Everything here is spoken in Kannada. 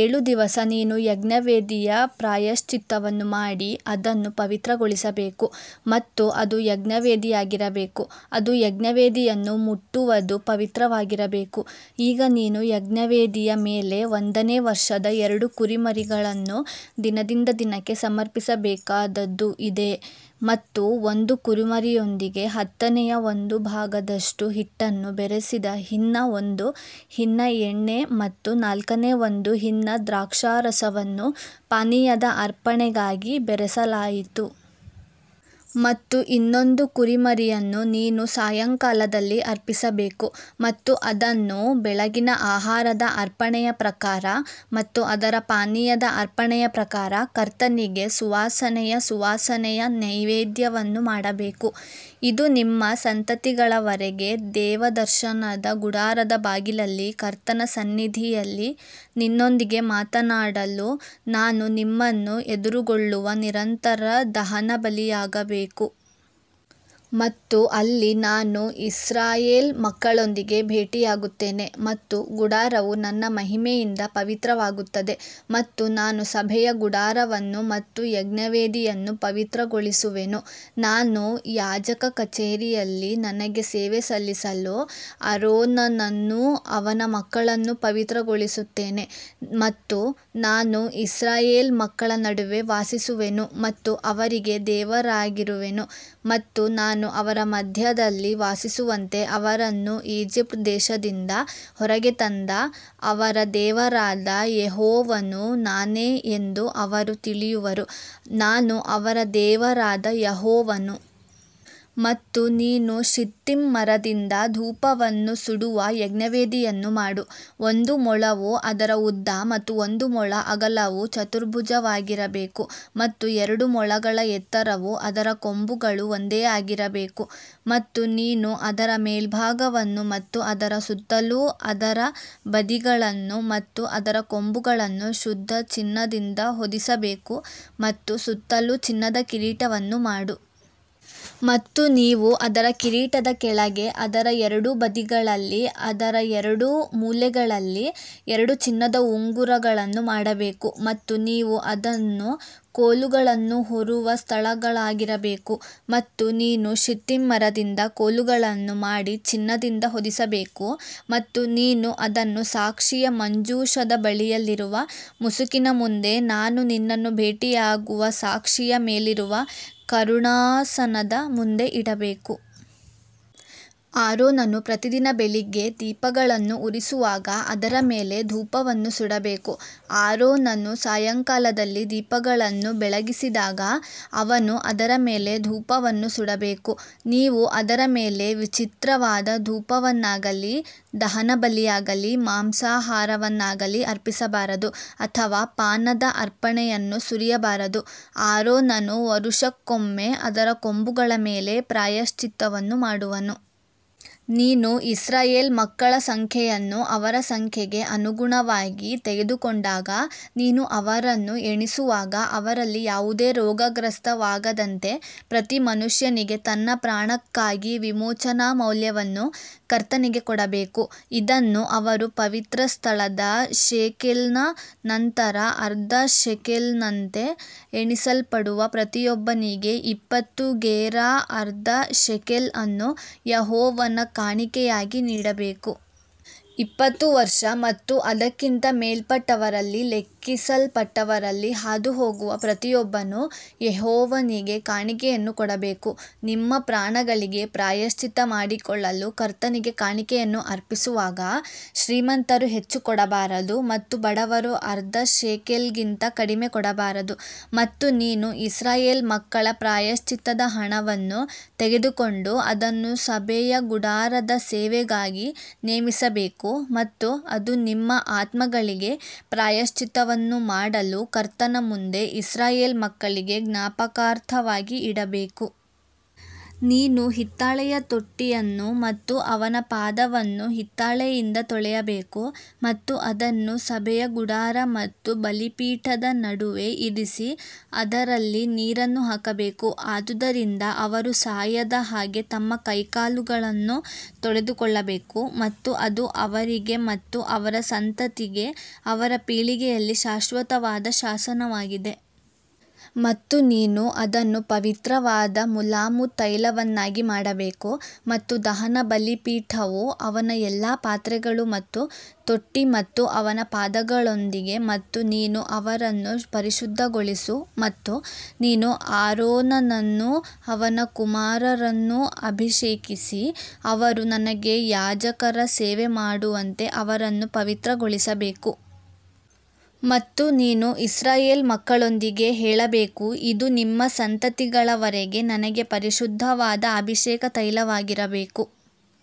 ಏಳು ದಿವಸ ನೀನು ಯಜ್ಞವೇದಿಯ ಪ್ರಾಯಶ್ಚಿತ್ತವನ್ನು ಮಾಡಿ ಅದನ್ನು ಪವಿತ್ರಗೊಳಿಸಬೇಕು ಮತ್ತು ಅದು ಯಜ್ಞವೇದಿಯಾಗಿರಬೇಕು ಅದು ಯಜ್ಞವೇದಿಯನ್ನು ಮುಟ್ಟುವದು ಪವಿತ್ರವಾಗಿರಬೇಕು. ಈಗ ನೀನು ಯಜ್ಞವೇದಿಯ ಮೇಲೆ ಒಂದನೇ ವರ್ಷದ ಎರಡು ಕುರಿಮರಿಗಳನ್ನು ದಿನದಿಂದ ದಿನಕ್ಕೆ ಸಮರ್ಪಿಸಬೇಕಾದದ್ದು ಇದೇ. ಮತ್ತು ಒಂದು ಕುರಿಮರಿಯೊಂದಿಗೆ ಹತ್ತನೆಯ ಒಂದು ಭಾಗದಷ್ಟು ಹಿಟ್ಟನ್ನು ಬೆರೆಸಿದ ಹಿನ್ನ ಒಂದು ಹಿನ್ನ ಎಣ್ಣೆ ಮತ್ತು ನಾಲ್ಕನೇ ಒಂದು ಹಿನ್ನ ದ್ರಾಕ್ಷಾರಸವನ್ನು ಪಾನೀಯದ ಅರ್ಪಣೆಗಾಗಿ ಬೆರೆಸಲಾಯಿತು. ಮತ್ತು ಇನ್ನೊಂದು ಕುರಿಮರಿಯನ್ನು ನೀನು ಸಾಯಂಕಾಲದಲ್ಲಿ ಅರ್ಪಿಸಬೇಕು ಮತ್ತು ಅದನ್ನು ಬೆಳಗಿನ ಆಹಾರದ ಅರ್ಪಣೆಯ ಪ್ರಕಾರ ಮತ್ತು ಅದರ ಪಾನೀಯದ ಅರ್ಪಣೆಯ ಪ್ರಕಾರ ಕರ್ತನಿಗೆ ಸುವಾಸನೆಯ ಸುವಾಸನೆಯ ನೈವೇದ್ಯವನ್ನು ಮಾಡಬೇಕು. ಇದು ನಿಮ್ಮ ಸಂತತಿಗಳ ವರೆಗೆ ದೇವದರ್ಶನದ ಗುಡಾರದ ಬಾಗಿಲಲ್ಲಿ ಕರ್ತನ ಸನ್ನಿಧಿಯಲ್ಲಿ ನಿನ್ನೊಂದಿಗೆ ಮಾತನಾಡಲು ನಾನು ನಿಮ್ಮನ್ನು ಎದುರುಗೊಳ್ಳುವ ನಿರಂತರ ದಹನಬಲಿಯಾಗಬೇಕು. ಮತ್ತು ಅಲ್ಲಿ ನಾನು ಇಸ್ರಾಯೇಲ್ ಮಕ್ಕಳೊಂದಿಗೆ ಭೇಟಿಯಾಗುತ್ತೇನೆ ಮತ್ತು ಗುಡಾರವು ನನ್ನ ಮಹಿಮೆಯಿಂದ ಪವಿತ್ರವಾಗುತ್ತದೆ ಮತ್ತು ನಾನು ಸಭೆಯ ಗುಡಾರವನ್ನು ಮತ್ತು ಯಜ್ಞವೇದಿಯನ್ನು ಪವಿತ್ರಗೊಳಿಸುವೆನು ನಾನು ಯಾಜಕ ಕಚೇರಿಯಲ್ಲಿ ನನಗೆ ಸೇವೆ ಸಲ್ಲಿಸಲು ಆರೋನನನ್ನೂ ಅವನ ಮಕ್ಕಳನ್ನೂ ಪವಿತ್ರಗೊಳಿಸುತ್ತೇನೆ. ಮತ್ತು ನಾನು ಇಸ್ರಾಯೇಲ್ ಮಕ್ಕಳ ನಡುವೆ ವಾಸಿಸುವೆನು ಮತ್ತು ಅವರಿಗೆ ದೇವರಾಗಿರುವೆನು ಮತ್ತು ನಾನು ಅವರ ಮಧ್ಯದಲ್ಲಿ ವಾಸಿಸುವಂತೆ ಅವರನ್ನು ಈಜಿಪ್ಟ್ ದೇಶದಿಂದ ಹೊರಗೆ ತಂದ ಅವರ ದೇವರಾದ ಯೆಹೋವನು ನಾನೇ ಎಂದು ಅವರು ತಿಳಿಯುವರು, ನಾನು ಅವರ ದೇವರಾದ ಯೆಹೋವನು. ಮತ್ತು ನೀನು ಶಿತ್ತಿಮ್ ಮರದಿಂದ ಧೂಪವನ್ನು ಸುಡುವ ಯಜ್ಞವೇದಿಯನ್ನು ಮಾಡು. ಒಂದು ಮೊಳವು ಅದರ ಉದ್ದ ಮತ್ತು ಒಂದು ಮೊಳ ಅಗಲವು ಚತುರ್ಭುಜವಾಗಿರಬೇಕು ಮತ್ತು ಎರಡು ಮೊಳಗಳ ಎತ್ತರವು ಅದರ ಕೊಂಬುಗಳು ಒಂದೇ ಆಗಿರಬೇಕು. ಮತ್ತು ನೀನು ಅದರ ಮೇಲ್ಭಾಗವನ್ನು ಮತ್ತು ಅದರ ಸುತ್ತಲೂ ಅದರ ಬದಿಗಳನ್ನು ಮತ್ತು ಅದರ ಕೊಂಬುಗಳನ್ನು ಶುದ್ಧ ಚಿನ್ನದಿಂದ ಹೊದಿಸಬೇಕು ಮತ್ತು ಸುತ್ತಲೂ ಚಿನ್ನದ ಕಿರೀಟವನ್ನು ಮಾಡು. ಮತ್ತು ನೀವು ಅದರ ಕಿರೀಟದ ಕೆಳಗೆ ಅದರ ಎರಡು ಬದಿಗಳಲ್ಲಿ ಅದರ ಎರಡು ಮೂಲೆಗಳಲ್ಲಿ ಎರಡು ಚಿನ್ನದ ಉಂಗುರಗಳನ್ನು ಮಾಡಬೇಕು ಮತ್ತು ನೀವು ಅದನ್ನು ಕೋಲುಗಳನ್ನು ಹೊರುವ ಸ್ಥಳಗಳಾಗಿರಬೇಕು. ಮತ್ತು ನೀನು ಶಿತ್ತಿಮ್ ಮರದಿಂದ ಕೋಲುಗಳನ್ನು ಮಾಡಿ ಚಿನ್ನದಿಂದ ಹೊದಿಸಬೇಕು ಮತ್ತು ನೀನು ಅದನ್ನು ಸಾಕ್ಷಿಯ ಮಂಜೂಷದ ಬಳಿಯಲ್ಲಿರುವ ಮುಸುಕಿನ ಮುಂದೆ ನಾನು ನಿನ್ನನ್ನು ಭೇಟಿಯಾಗುವ ಸಾಕ್ಷಿಯ ಮೇಲಿರುವ ಕರುಣಾಾಸನದ ಮುಂದೆ ಇಡಬೇಕು. ಆರೋನನು ಪ್ರತಿದಿನ ಬೆಳಿಗ್ಗೆ ದೀಪಗಳನ್ನು ಉರಿಸುವಾಗ ಅದರ ಮೇಲೆ ಧೂಪವನ್ನು ಸುಡಬೇಕು. ಆರೋನನು ಸಾಯಂಕಾಲದಲ್ಲಿ ದೀಪಗಳನ್ನು ಬೆಳಗಿಸಿದಾಗ ಅವನು ಅದರ ಮೇಲೆ ಧೂಪವನ್ನು ಸುಡಬೇಕು. ನೀವು ಅದರ ಮೇಲೆ ವಿಚಿತ್ರವಾದ ಧೂಪವನ್ನಾಗಲಿ ದಹನಬಲಿಯಾಗಲಿ ಮಾಂಸಾಹಾರವನ್ನಾಗಲಿ ಅರ್ಪಿಸಬಾರದು ಅಥವಾ ಪಾನದ ಅರ್ಪಣೆಯನ್ನು ಸುರಿಯಬಾರದು. ಆರೋನನು ವರುಷಕ್ಕೊಮ್ಮೆ ಅದರ ಕೊಂಬುಗಳ ಮೇಲೆ ಪ್ರಾಯಶ್ಚಿತ್ತವನ್ನು ಮಾಡುವನು. ನೀನು ಇಸ್ರಾಯೇಲ್ ಮಕ್ಕಳ ಸಂಖ್ಯೆಯನ್ನು ಅವರ ಸಂಖ್ಯೆಗೆ ಅನುಗುಣವಾಗಿ ತೆಗೆದುಕೊಂಡಾಗ ನೀನು ಅವರನ್ನು ಎಣಿಸುವಾಗ ಅವರಲ್ಲಿ ಯಾವುದೇ ರೋಗಗ್ರಸ್ತವಾಗದಂತೆ ಪ್ರತಿ ಮನುಷ್ಯನಿಗೆ ತನ್ನ ಪ್ರಾಣಕ್ಕಾಗಿ ವಿಮೋಚನಾ ಮೌಲ್ಯವನ್ನು ಕರ್ತನಿಗೆ ಕೊಡಬೇಕು. ಇದನ್ನು ಅವರು ಪವಿತ್ರಸ್ಥಳದ ಶೇಕೆಲ್ನ ನಂತರ ಅರ್ಧ ಶೆಕೆಲ್ನಂತೆ ಎಣಿಸಲ್ಪಡುವ ಪ್ರತಿಯೊಬ್ಬನಿಗೆ ಇಪ್ಪತ್ತು ಗೇರಾ ಅರ್ಧ ಶೆಕೆಲ್ ಅನ್ನು ಯೆಹೋವನ ಕಾಣಿಕೆಯಾಗಿ ನೀಡಬೇಕು. ಇಪ್ಪತ್ತು ವರ್ಷ ಮತ್ತು ಅದಕ್ಕಿಂತ ಮೇಲ್ಪಟ್ಟವರಲ್ಲಿ ಲೆಕ್ಕಿಸಲ್ಪಟ್ಟವರಲ್ಲಿ ಹಾದುಹೋಗುವ ಪ್ರತಿಯೊಬ್ಬನು ಯೆಹೋವನಿಗೆ ಕಾಣಿಕೆಯನ್ನು ಕೊಡಬೇಕು. ನಿಮ್ಮ ಪ್ರಾಣಗಳಿಗೆ ಪ್ರಾಯಶ್ಚಿತ್ತ ಮಾಡಿಕೊಳ್ಳಲು ಕರ್ತನಿಗೆ ಕಾಣಿಕೆಯನ್ನು ಅರ್ಪಿಸುವಾಗ ಶ್ರೀಮಂತರು ಹೆಚ್ಚು ಕೊಡಬಾರದು ಮತ್ತು ಬಡವರು ಅರ್ಧ ಶೇಕೆಲ್ಗಿಂತ ಕಡಿಮೆ ಕೊಡಬಾರದು. ಮತ್ತು ನೀನು ಇಸ್ರಾಯೇಲ್ ಮಕ್ಕಳ ಪ್ರಾಯಶ್ಚಿತ್ತದ ಹಣವನ್ನು ತೆಗೆದುಕೊಂಡು ಅದನ್ನು ಸಭೆಯ ಗುಡಾರದ ಸೇವೆಗಾಗಿ ನೇಮಿಸಬೇಕು ಮತ್ತು ಅದು ನಿಮ್ಮ ಆತ್ಮಗಳಿಗೆ ಪ್ರಾಯಶ್ಚಿತ್ತವನ್ನು ಮಾಡಲು ಕರ್ತನ ಮುಂದೆ ಇಸ್ರಾಯೇಲ್ ಮಕ್ಕಳಿಗೆ ಜ್ಞಾಪಕಾರ್ಥವಾಗಿ ಇಡಬೇಕು. ನೀನು ಹಿತ್ತಾಳೆಯ ತೊಟ್ಟಿಯನ್ನು ಮತ್ತು ಅವನ ಪಾದವನ್ನು ಹಿತ್ತಾಳೆಯಿಂದ ತೊಳೆಯಬೇಕು ಮತ್ತು ಅದನ್ನು ಸಭೆಯ ಗುಡಾರ ಮತ್ತು ಬಲಿಪೀಠದ ನಡುವೆ ಇರಿಸಿ ಅದರಲ್ಲಿ ನೀರನ್ನು ಹಾಕಬೇಕು. ಆದುದರಿಂದ ಅವರು ಸಾಯದ ಹಾಗೆ ತಮ್ಮ ಕೈಕಾಲುಗಳನ್ನು ತೊಳೆದುಕೊಳ್ಳಬೇಕು ಮತ್ತು ಅದು ಅವರಿಗೆ ಮತ್ತು ಅವರ ಸಂತತಿಗೆ ಅವರ ಪೀಳಿಗೆಯಲ್ಲಿ ಶಾಶ್ವತವಾದ ಶಾಸನವಾಗಿದೆ. ಮತ್ತು ನೀನು ಅದನ್ನು ಪವಿತ್ರವಾದ ಮುಲಾಮು ತೈಲವನ್ನಾಗಿ ಮಾಡಬೇಕು ಮತ್ತು ದಹನ ಬಲಿಪೀಠವು ಅವನ ಎಲ್ಲಾ ಪಾತ್ರೆಗಳು ಮತ್ತು ತೊಟ್ಟಿ ಮತ್ತು ಅವನ ಪಾದಗಳೊಂದಿಗೆ ಮತ್ತು ನೀನು ಅವರನ್ನು ಪರಿಶುದ್ಧಗೊಳಿಸು ಮತ್ತು ನೀನು ಆರೋನನನ್ನೂ ಅವನ ಕುಮಾರರನ್ನೂ ಅಭಿಷೇಕಿಸಿ ಅವರು ನನಗೆ ಯಾಜಕರ ಸೇವೆಮಾಡುವಂತೆ ಅವರನ್ನು ಪವಿತ್ರಗೊಳಿಸಬೇಕು. ಮತ್ತು ನೀನು ಇಸ್ರಾಯೇಲ್ ಮಕ್ಕಳೊಂದಿಗೆ ಹೇಳಬೇಕು ಇದು ನಿಮ್ಮ ಸಂತತಿಗಳ ವರೆಗೆ ನನಗೆ ಪರಿಶುದ್ಧವಾದ ಅಭಿಷೇಕ ತೈಲವಾಗಿರಬೇಕು.